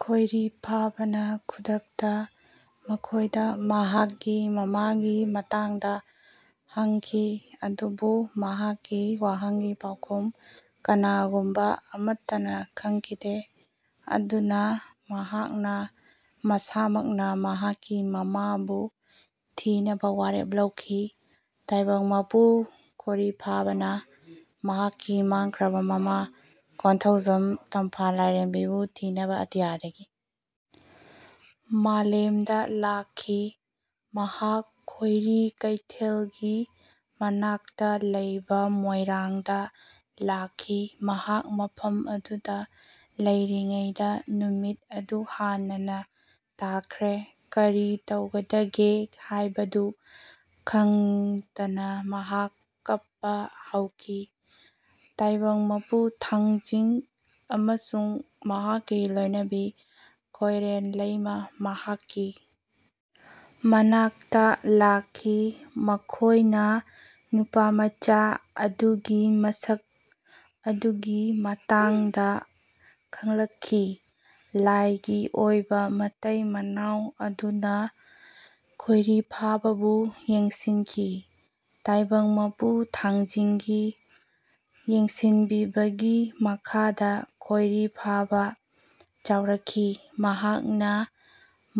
ꯈꯣꯏꯔꯤꯐꯥꯕꯥꯅ ꯈꯨꯗꯛꯇ ꯃꯈꯣꯏꯗ ꯃꯍꯥꯛꯀꯤ ꯃꯃꯥꯒꯤ ꯃꯇꯥꯡꯗ ꯍꯪꯈꯤ꯫ ꯑꯗꯨꯕꯨ ꯃꯍꯥꯛꯀꯤ ꯋꯥꯍꯪꯒꯤ ꯄꯥꯎꯈꯨꯝ ꯀꯅꯥꯒꯨꯝꯕ ꯑꯃꯠꯇꯅ ꯈꯪꯈꯤꯗꯦ꯫ ꯑꯗꯨꯅ ꯃꯍꯥꯛꯅ ꯃꯁꯥꯃꯛꯅ ꯃꯍꯥꯛꯀꯤ ꯃꯃꯥꯕꯨ ꯊꯤꯅꯕ ꯋꯥꯔꯦꯞ ꯂꯧꯈꯤ꯫ ꯇꯥꯏꯕꯪ ꯃꯄꯨ ꯈꯣꯔꯤꯐꯥꯕꯥꯅ ꯃꯍꯥꯛꯀꯤ ꯃꯥꯡꯈ꯭ꯔꯕ ꯃꯃꯥ ꯀꯣꯟꯊꯣꯖꯝ ꯇꯝꯐꯥ ꯂꯥꯏꯔꯦꯝꯕꯤꯕꯨ ꯊꯤꯅꯕ ꯑꯇꯤꯌꯥꯗꯒꯤ ꯃꯥꯂꯦꯝꯗ ꯂꯥꯛꯈꯤ꯫ ꯃꯍꯥꯛ ꯈꯣꯏꯔꯤ ꯀꯩꯊꯦꯜꯒꯤ ꯃꯅꯥꯛꯇ ꯂꯩꯕ ꯃꯣꯏꯔꯥꯡꯗ ꯂꯥꯛꯈꯤ꯫ ꯃꯍꯥꯛ ꯃꯐꯝ ꯑꯗꯨꯗ ꯂꯩꯔꯤꯉꯩꯗ ꯅꯨꯃꯤꯠ ꯑꯗꯨ ꯍꯥꯟꯅꯅ ꯇꯥꯈ꯭ꯔꯦ꯫ ꯀꯔꯤ ꯇꯧꯒꯗꯒꯦ ꯍꯥꯏꯕꯗꯨ ꯈꯪꯗꯅ ꯃꯍꯥꯛ ꯀꯞꯄ ꯍꯧꯈꯤ꯫ ꯇꯥꯏꯕꯪ ꯃꯄꯨ ꯊꯥꯡꯖꯤꯡ ꯑꯃꯁꯨꯡ ꯃꯍꯥꯛꯀꯤ ꯂꯣꯏꯅꯕꯤ ꯀꯣꯏꯔꯦꯟ ꯂꯩꯃꯥ ꯃꯍꯥꯛꯀꯤ ꯃꯅꯥꯛꯇ ꯂꯥꯛꯈꯤ꯫ ꯃꯈꯣꯏꯅ ꯅꯨꯄꯥꯃꯆꯥ ꯑꯗꯨꯒꯤ ꯃꯁꯛ ꯑꯗꯨꯒꯤ ꯃꯇꯥꯡꯗ ꯈꯪꯂꯛꯈꯤ꯫ ꯂꯥꯏꯒꯤ ꯑꯣꯏꯕ ꯃꯇꯩ ꯃꯅꯥꯎ ꯑꯗꯨꯅ ꯈꯣꯏꯔꯤꯐꯥꯕꯥꯕꯨ ꯌꯦꯡꯁꯤꯟꯈꯤ꯫ ꯇꯥꯏꯕꯪ ꯃꯄꯨ ꯊꯥꯡꯖꯤꯡꯒꯤ ꯌꯦꯡꯁꯤꯟꯕꯤꯕꯒꯤ ꯃꯈꯥꯗ ꯈꯣꯏꯔꯤꯐꯥꯕꯥ ꯆꯥꯎꯔꯛꯈꯤ꯫ ꯃꯍꯥꯛꯅ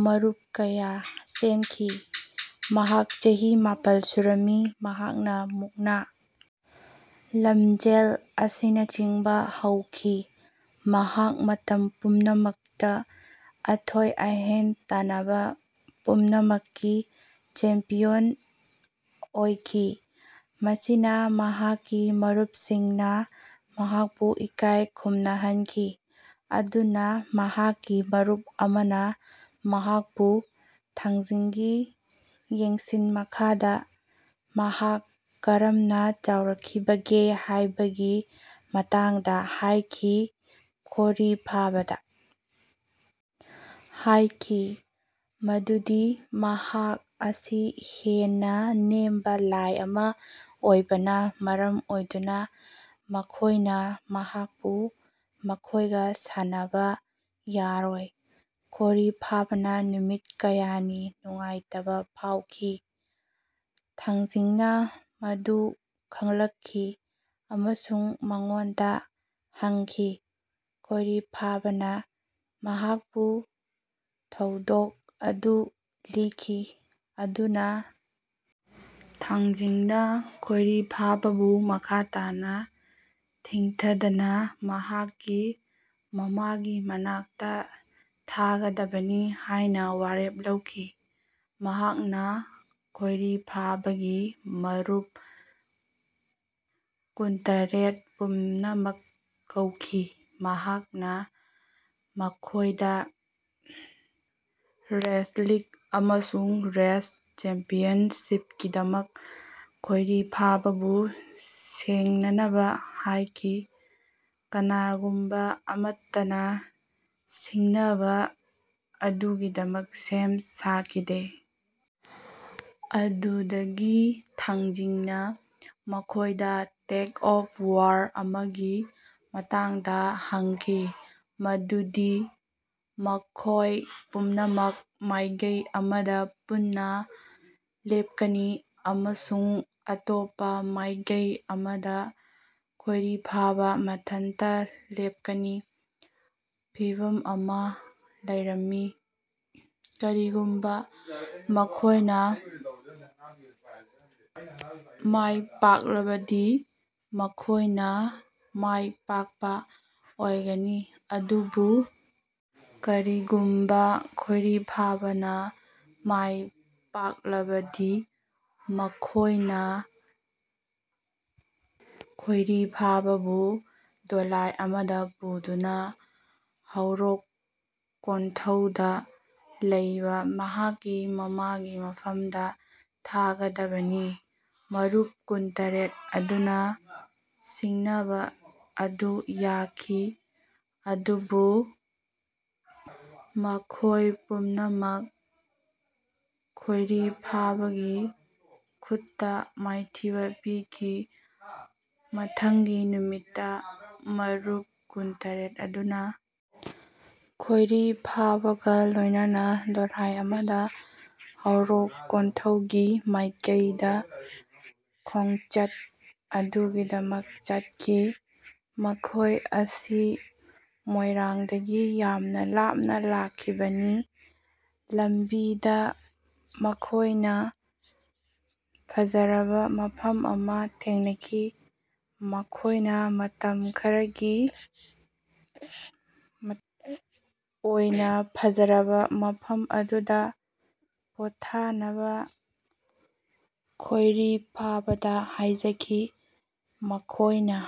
ꯃꯔꯨꯞ ꯀꯌꯥ ꯁꯦꯝꯈꯤ꯫ ꯃꯍꯥꯛ ꯆꯍꯤ ꯃꯥꯄꯜ ꯁꯨꯔꯝꯃꯤ꯫ ꯃꯍꯥꯛꯅ ꯃꯨꯛꯅꯥ ꯂꯝꯖꯦꯜ ꯑꯁꯤꯅꯆꯤꯡꯕ ꯍꯧꯈꯤ꯫ ꯃꯍꯥꯛ ꯃꯇꯝ ꯄꯨꯝꯅꯃꯛꯇ ꯑꯊꯣꯏ ꯑꯍꯦꯟ ꯇꯥꯟꯅꯕ ꯄꯨꯝꯅꯃꯛꯀꯤ ꯆꯦꯝꯄꯤꯌꯟ ꯑꯣꯏꯈꯤ꯫ ꯃꯁꯤꯅ ꯃꯍꯥꯛꯀꯤ ꯃꯔꯨꯞꯁꯤꯡꯅ ꯃꯍꯥꯛꯄꯨ ꯏꯀꯥꯏ ꯈꯨꯝꯅꯍꯟꯈꯤ꯫ ꯑꯗꯨꯅ ꯃꯍꯥꯛꯀꯤ ꯃꯔꯨꯞ ꯑꯃꯅ ꯃꯍꯥꯛꯄꯨ ꯊꯥꯡꯖꯤꯡꯒꯤ ꯌꯦꯡꯁꯤꯟ ꯃꯈꯥꯗ ꯃꯍꯥꯛ ꯀꯔꯝꯅ ꯆꯥꯎꯔꯛꯈꯤꯕꯒꯦ ꯍꯥꯏꯕꯒꯤ ꯃꯇꯥꯡꯗ ꯍꯥꯏꯈꯤ꯫ ꯈꯣꯔꯤꯐꯥꯕꯥꯗ ꯍꯥꯏꯈꯤ ꯃꯗꯨꯗꯤ ꯃꯍꯥꯛ ꯑꯁꯤ ꯍꯦꯟꯅ ꯅꯦꯝꯕ ꯂꯥꯏ ꯑꯃ ꯑꯣꯏꯕꯅ ꯃꯔꯝ ꯑꯣꯏꯗꯨꯅ ꯃꯈꯣꯏꯅ ꯃꯍꯥꯛꯄꯨ ꯃꯈꯣꯏꯒ ꯁꯥꯟꯅꯕ ꯌꯥꯔꯣꯏ꯫ ꯈꯣꯔꯤꯐꯥꯕꯥꯅ ꯅꯨꯃꯤꯠ ꯀꯌꯥꯅꯤ ꯅꯨꯡꯉꯥꯏꯇꯕ ꯐꯥꯎꯈꯤ꯫ ꯊꯥꯡꯖꯤꯡꯅ ꯃꯗꯨ ꯈꯪꯂꯛꯈꯤ ꯑꯃꯁꯨꯡ ꯃꯉꯣꯟꯗ ꯍꯪꯈꯤ꯫ ꯈꯣꯏꯔꯤꯐꯥꯕꯥꯅ ꯃꯍꯥꯛꯄꯨ ꯊꯧꯗꯣꯛ ꯑꯗꯨ ꯂꯤꯈꯤ꯫ ꯑꯗꯨꯅ ꯊꯥꯡꯖꯤꯡꯅ ꯈꯣꯏꯔꯤꯐꯥꯕꯥꯕꯨ ꯃꯈꯥ ꯇꯥꯅ ꯊꯦꯡꯊꯗꯅ ꯃꯍꯥꯛꯀꯤ ꯃꯃꯥꯒꯤ ꯃꯅꯥꯛꯇ ꯊꯥꯒꯗꯕꯅꯤ ꯍꯥꯏꯅ ꯋꯥꯔꯦꯞ ꯂꯧꯈꯤ꯫ ꯃꯍꯥꯛꯅ ꯈꯣꯏꯔꯤꯐꯥꯕꯥꯒꯤ ꯃꯔꯨꯞ ꯀꯨꯟꯇꯔꯦꯠ ꯄꯨꯝꯅꯃꯛ ꯀꯧꯈꯤ꯫ ꯃꯍꯥꯛꯅ ꯃꯈꯣꯏꯗ ꯔꯦꯁꯠꯂꯤꯡ ꯑꯃꯁꯨꯡ ꯔꯦꯁ ꯆꯦꯝꯄꯤꯌꯟꯁꯤꯞꯀꯤꯗꯃꯛ ꯈꯣꯏꯔꯤꯐꯥꯕꯥꯕꯨ ꯁꯤꯡꯅꯅꯕ ꯍꯥꯏꯈꯤ꯫ ꯀꯅꯥꯒꯨꯝꯕ ꯑꯃꯠꯇꯅ ꯁꯤꯡꯅꯕ ꯑꯗꯨꯒꯤꯗꯃꯛ ꯁꯦꯝ ꯁꯥꯈꯤꯗꯦ꯫ ꯑꯗꯨꯗꯒꯤ ꯊꯥꯡꯖꯤꯡꯅ ꯃꯈꯣꯏꯗ ꯇꯛ ꯑꯣꯐ ꯋꯥꯔ ꯑꯃꯒꯤ ꯃꯇꯥꯡꯗ ꯍꯪꯈꯤ ꯃꯗꯨꯗ ꯃꯈꯣꯏ ꯄꯨꯝꯅꯃꯛ ꯃꯥꯏꯀꯩ ꯑꯃꯗ ꯄꯨꯟꯅ ꯂꯦꯞꯀꯅꯤ ꯑꯃꯁꯨꯡ ꯑꯇꯣꯞꯄ ꯃꯥꯏꯀꯩ ꯑꯃꯗ ꯈꯣꯏꯔꯤꯐꯥꯕꯥ ꯃꯊꯟꯇ ꯂꯦꯞꯀꯅꯤ꯫ ꯐꯤꯚꯝ ꯑꯃ ꯂꯩꯔꯝꯃꯤ꯫ ꯀꯔꯤꯒꯨꯝꯕ ꯃꯈꯣꯏꯅ ꯃꯥꯏꯄꯥꯛꯂꯕꯗꯤ ꯃꯈꯣꯏꯅ ꯃꯥꯏꯄꯥꯛꯄ ꯑꯣꯏꯒꯅꯤ꯫ ꯑꯗꯨꯕꯨ ꯀꯔꯤꯒꯨꯝꯕ ꯈꯣꯏꯔꯤꯐꯥꯕꯥꯅ ꯃꯥꯏꯄꯥꯛꯂꯕꯗꯤ ꯃꯈꯣꯏꯅ ꯈꯣꯏꯔꯤꯐꯥꯕꯥꯕꯨ ꯗꯣꯂꯥꯏ ꯑꯃꯗ ꯄꯨꯗꯨꯅ ꯍꯥꯎꯔꯣꯛ ꯀꯣꯟꯊꯧꯗ ꯂꯩꯕ ꯃꯍꯥꯛꯀꯤ ꯃꯃꯥꯒꯤ ꯃꯐꯝꯗ ꯊꯥꯒꯗꯕꯅꯤ꯫ ꯃꯔꯨꯞ ꯀꯨꯟꯇꯔꯦꯠ ꯑꯗꯨꯅ ꯁꯤꯡꯅꯕ ꯑꯗꯨ ꯌꯥꯈꯤ꯫ ꯑꯗꯨꯕꯨ ꯃꯈꯣꯏ ꯄꯨꯝꯅꯃꯛ ꯈꯣꯏꯔꯤꯐꯥꯕꯥꯒꯤ ꯈꯨꯠꯇ ꯃꯥꯏꯊꯤꯕ ꯄꯤꯈꯤ꯫ ꯃꯊꯪꯒꯤ ꯅꯨꯃꯤꯠꯇ ꯃꯔꯨꯞ ꯀꯨꯟꯇꯔꯦꯠ ꯑꯗꯨꯅ ꯈꯣꯏꯔꯤꯐꯥꯕꯥꯒ ꯂꯣꯏꯅꯅ ꯗꯣꯂꯥꯏ ꯑꯃꯗ ꯍꯥꯎꯔꯣꯛ ꯀꯣꯟꯊꯧꯒꯤ ꯃꯥꯏꯀꯩꯗ ꯈꯣꯡꯆꯠ ꯑꯗꯨꯒꯤꯗꯃꯛ ꯆꯠꯈꯤ꯫ ꯃꯈꯣꯏ ꯑꯁꯤ ꯃꯣꯏꯔꯥꯡꯗꯒꯤ ꯌꯥꯝꯅ ꯂꯥꯞꯅ ꯂꯥꯛꯈꯤꯕꯅꯤ꯫ ꯂꯝꯕꯤꯗ ꯃꯈꯣꯏꯅ ꯐꯖꯔꯕ ꯃꯐꯝ ꯑꯃ ꯊꯦꯡꯅꯈꯤ꯫ ꯃꯈꯣꯏꯅ ꯃꯇꯝ ꯈꯔꯒꯤ ꯑꯣꯏꯅ ꯐꯖꯔꯕ ꯃꯐꯝ ꯑꯗꯨꯗ ꯄꯣꯊꯥꯅꯕ ꯈꯣꯏꯔꯤꯐꯥꯕꯥꯗ ꯍꯥꯏꯖꯈꯤ꯫ ꯃꯈꯣꯏꯅ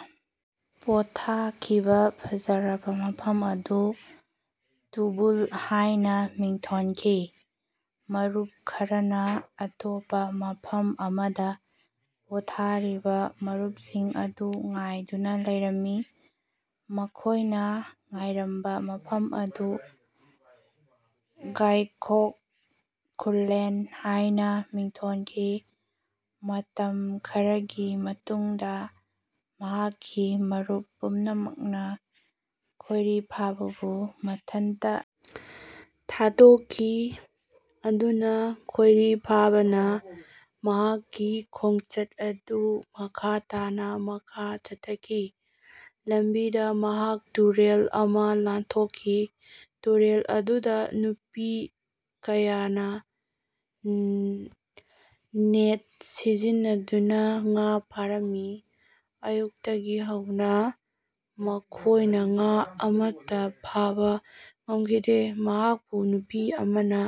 ꯄꯣꯊꯥꯈꯤꯕ ꯐꯖꯔꯕ ꯃꯐꯝ ꯑꯗꯨ ꯇꯨꯕꯨꯜ ꯍꯥꯏꯅ ꯃꯤꯡꯊꯣꯟꯈꯤ꯫ ꯃꯔꯨꯞ ꯈꯔꯅ ꯑꯇꯣꯞꯄ ꯃꯐꯝ ꯑꯃꯗ ꯄꯣꯊꯥꯔꯤꯕ ꯃꯔꯨꯞꯁꯤꯡ ꯑꯗꯨ ꯉꯥꯏꯗꯨꯅ ꯂꯩꯔꯝꯃꯤ꯫ ꯃꯈꯣꯏꯅ ꯉꯥꯏꯔꯝꯕ ꯃꯐꯝ ꯑꯗꯨ ꯒꯥꯏꯈꯣꯡ ꯈꯨꯜꯂꯦꯟ ꯍꯥꯏꯅ ꯃꯤꯡꯊꯣꯟꯈꯤ꯫ ꯃꯇꯝ ꯈꯔꯒꯤ ꯃꯇꯨꯡꯗ ꯃꯍꯥꯛꯀꯤ ꯃꯔꯨꯞ ꯄꯨꯝꯅꯃꯛꯅ ꯈꯣꯏꯔꯤꯐꯥꯕꯥꯕꯨ ꯃꯊꯟꯇ ꯊꯥꯗꯣꯛꯈꯤ꯫ ꯑꯗꯨꯅ ꯈꯣꯏꯔꯤꯐꯥꯕꯥꯅ ꯃꯍꯥꯛꯀꯤ ꯈꯣꯡꯆꯠ ꯑꯗꯨ ꯃꯈꯥ ꯇꯥꯅ ꯃꯈꯥ ꯆꯠꯊꯈꯤ꯫ ꯂꯝꯕꯤꯗ ꯃꯍꯥꯛ ꯇꯨꯔꯦꯜ ꯑꯃ ꯂꯥꯟꯊꯣꯛꯈꯤ꯫ ꯇꯨꯔꯦꯜ ꯑꯗꯨꯗ ꯅꯨꯄꯤ ꯀꯌꯥꯅ ꯅꯦꯠ ꯁꯤꯖꯤꯟꯅꯗꯨꯅ ꯉꯥ ꯐꯥꯔꯝꯃꯤ꯫ ꯑꯌꯨꯛꯇꯒꯤ ꯍꯧꯅ ꯃꯈꯣꯏꯅ ꯉꯥ ꯑꯃꯠꯇ ꯐꯥꯕ ꯉꯝꯈꯤꯗꯦ꯫ ꯃꯍꯥꯛꯄꯨ ꯅꯨꯄꯤ ꯑꯃꯅ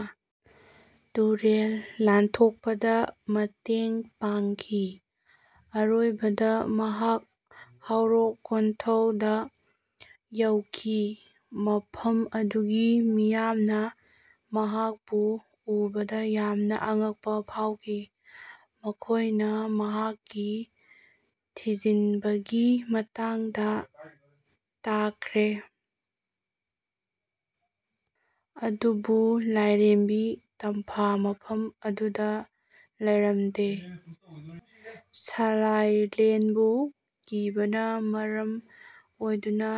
ꯇꯨꯔꯦꯜ ꯂꯥꯟꯊꯣꯛꯄꯗ ꯃꯇꯦꯡ ꯄꯥꯡꯈꯤ꯫ ꯑꯔꯣꯏꯕꯗ ꯃꯍꯥꯛ ꯍꯥꯎꯔꯣꯛ ꯀꯣꯟꯊꯣꯗ ꯌꯧꯈꯤ꯫ ꯃꯐꯝ ꯑꯗꯨꯒꯤ ꯃꯤꯌꯥꯝꯅ ꯃꯍꯥꯛꯄꯨ ꯎꯕꯗ ꯌꯥꯝꯅ ꯑꯉꯛꯄ ꯐꯥꯎꯈꯤ꯫ ꯃꯈꯣꯏꯅ ꯃꯍꯥꯛꯀꯤ ꯊꯤꯖꯤꯟꯕꯒꯤ ꯃꯇꯥꯡꯗ ꯇꯥꯈ꯭ꯔꯦ꯫ ꯑꯗꯨꯕꯨ ꯂꯥꯏꯔꯦꯝꯕꯤ ꯇꯝꯐꯥ ꯃꯐꯝ ꯑꯗꯨꯗ ꯂꯩꯔꯝꯗꯦ꯫ ꯁꯥꯂꯥꯏꯂꯦꯟꯕꯨ ꯀꯤꯕꯅ ꯃꯔꯝ ꯑꯣꯏꯗꯨꯅ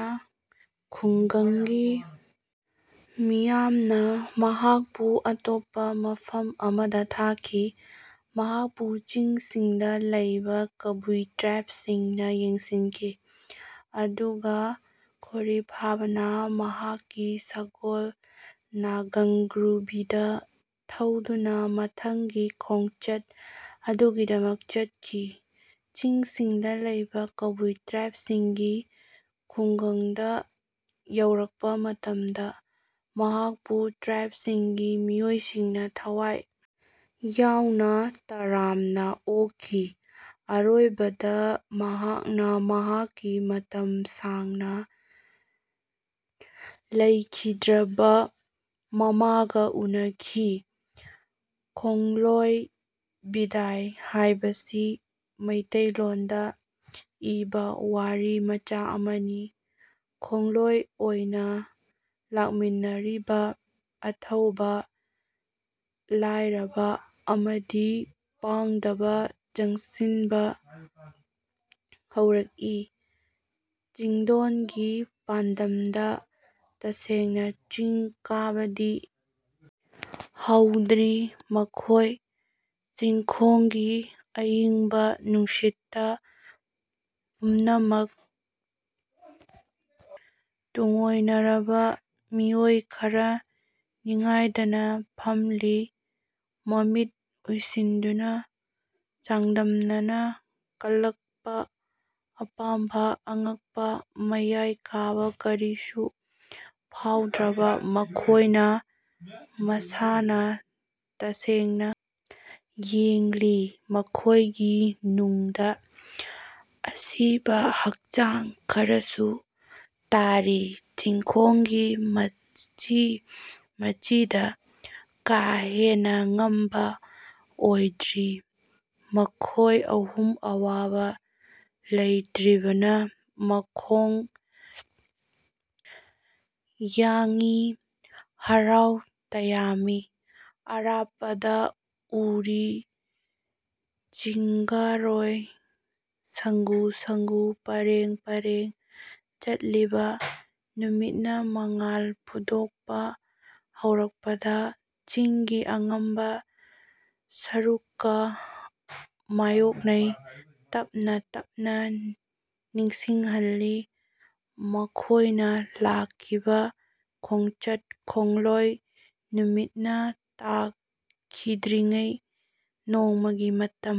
ꯈꯨꯡꯒꯪꯒꯤ ꯃꯤꯌꯥꯝꯅ ꯃꯍꯥꯛꯄꯨ ꯑꯇꯣꯞꯄ ꯃꯐꯝ ꯑꯃꯗ ꯊꯥꯈꯤ꯫ ꯃꯍꯥꯛꯄꯨ ꯆꯤꯡꯁꯤꯡꯗ ꯂꯩꯕ ꯀꯥꯕꯨꯏ ꯇ꯭ꯔꯥꯏꯕꯁꯤꯡꯅ ꯌꯦꯡꯁꯤꯟꯈꯤ꯫ ꯑꯗꯨꯅ ꯈꯣꯔꯤꯐꯥꯕꯥꯅ ꯃꯍꯥꯛꯀꯤ ꯁꯒꯣꯜ ꯅꯒꯪꯒ꯭ꯔꯨꯕꯤꯗ ꯊꯧꯗꯨꯅ ꯃꯊꯪꯒꯤ ꯈꯣꯡꯆꯠ ꯑꯗꯨꯒꯤꯗꯃꯛ ꯆꯠꯈꯤ꯫ ꯆꯤꯡꯁꯤꯡꯗ ꯂꯩꯕ ꯀꯕꯨꯏ ꯇ꯭ꯔꯥꯏꯕꯁꯤꯡꯒꯤ ꯈꯨꯡꯒꯪꯗ ꯌꯧꯔꯛꯄ ꯃꯇꯝꯗ ꯃꯍꯥꯛꯄꯨ ꯇ꯭ꯔꯥꯏꯕꯁꯤꯡꯒꯤ ꯃꯤꯑꯣꯏꯁꯤꯡꯅ ꯊꯋꯥꯏ ꯌꯥꯎꯅ ꯇꯔꯥꯝꯅ ꯑꯣꯛꯈꯤ꯫ ꯑꯔꯣꯏꯕꯗ ꯃꯍꯥꯛꯅ ꯃꯍꯥꯛꯀꯤ ꯃꯇꯝ ꯁꯥꯡꯅ ꯂꯩꯈꯤꯗ꯭ꯔꯕ ꯃꯃꯥꯒ ꯎꯅꯈꯤ꯫ ꯈꯣꯡꯂꯣꯏ ꯕꯤꯗꯥꯏ ꯍꯥꯏꯕꯁꯤ ꯃꯤꯇꯩꯂꯣꯟꯗ ꯏꯕ ꯋꯥꯔꯤ ꯃꯆꯥ ꯑꯃꯅꯤ꯫ ꯈꯣꯡꯂꯣꯏ ꯑꯣꯏꯅ ꯂꯥꯛꯃꯤꯟꯅꯔꯤꯕ ꯑꯊꯧꯕ ꯂꯥꯏꯔꯕ ꯑꯃꯗꯤ ꯄꯥꯡꯗꯕ ꯆꯪꯁꯤꯟꯕ ꯍꯧꯔꯛꯏ ꯆꯤꯡꯗꯣꯟꯒꯤ ꯄꯥꯟꯗꯝꯗ꯫ ꯇꯁꯦꯡꯅ ꯆꯤꯡ ꯀꯥꯕꯗꯤ ꯍꯧꯗ꯭ꯔꯤ ꯃꯈꯣꯏ꯫ ꯆꯤꯡꯈꯣꯡꯒꯤ ꯑꯏꯪꯕ ꯅꯨꯡꯁꯤꯠꯇ ꯄꯨꯝꯅꯃꯛ ꯇꯨꯡꯑꯣꯏꯅꯔꯕ ꯃꯤꯑꯣꯏ ꯈꯔ ꯅꯤꯡꯉꯥꯏꯗꯅ ꯐꯝꯂꯤ ꯃꯃꯤꯠ ꯎꯏꯁꯤꯟꯗꯨꯅ꯫ ꯆꯥꯡꯗꯝꯅꯅ ꯀꯜꯂꯛꯄ ꯑꯄꯥꯝꯕ ꯑꯉꯛꯄ ꯃꯌꯥꯏ ꯀꯥꯕ ꯀꯔꯤꯁꯨ ꯐꯥꯎꯗ꯭ꯔꯕ ꯃꯈꯣꯏꯅꯤ꯫ ꯃꯁꯥꯅ ꯇꯁꯦꯡꯅ ꯌꯦꯡꯂꯤ ꯃꯈꯣꯏꯒꯤ ꯅꯨꯡꯗ꯫ ꯑꯁꯤꯕ ꯍꯛꯆꯥꯡ ꯈꯔꯁꯨ ꯇꯥꯔꯤ ꯆꯤꯡꯈꯣꯡꯒꯤ ꯃꯆꯤ ꯃꯆꯤꯗ꯫ ꯀꯥ ꯍꯦꯟꯅ ꯉꯝꯕ ꯑꯣꯏꯗ꯭ꯔꯤ꯫ ꯃꯈꯣꯏ ꯑꯍꯨꯝ ꯑꯋꯥꯕ ꯂꯩꯇ꯭ꯔꯤꯕꯅ ꯃꯈꯣꯡ ꯌꯥꯡꯏ ꯍꯔꯥꯎ ꯇꯌꯥꯝꯃꯤ꯫ ꯑꯔꯥꯞꯄꯗ ꯎꯔꯤ ꯆꯤꯡꯒꯥꯔꯣꯏ ꯁꯪꯒꯨ ꯁꯪꯒꯨ ꯄꯔꯦꯡ ꯄꯔꯦꯡ ꯆꯠꯂꯤꯕ꯫ ꯅꯨꯃꯤꯠꯅ ꯃꯉꯥꯜ ꯐꯨꯗꯣꯛꯄ ꯍꯧꯔꯛꯄꯗ ꯆꯤꯡꯒꯤ ꯑꯉꯝꯕ ꯁꯔꯨꯛꯀ ꯃꯥꯏꯑꯣꯛꯅꯩ꯫ ꯇꯞꯅ ꯇꯞꯅ ꯅꯤꯡꯁꯤꯡꯍꯜꯂꯤ ꯃꯈꯣꯏꯅ ꯂꯥꯛꯈꯤꯕ ꯈꯣꯡꯆꯠ ꯈꯣꯡꯂꯣꯏ ꯅꯨꯃꯤꯠꯅ ꯇꯥꯈꯤꯗ꯭ꯔꯤꯉꯩ ꯅꯣꯡꯃꯒꯤ ꯃꯇꯝ꯫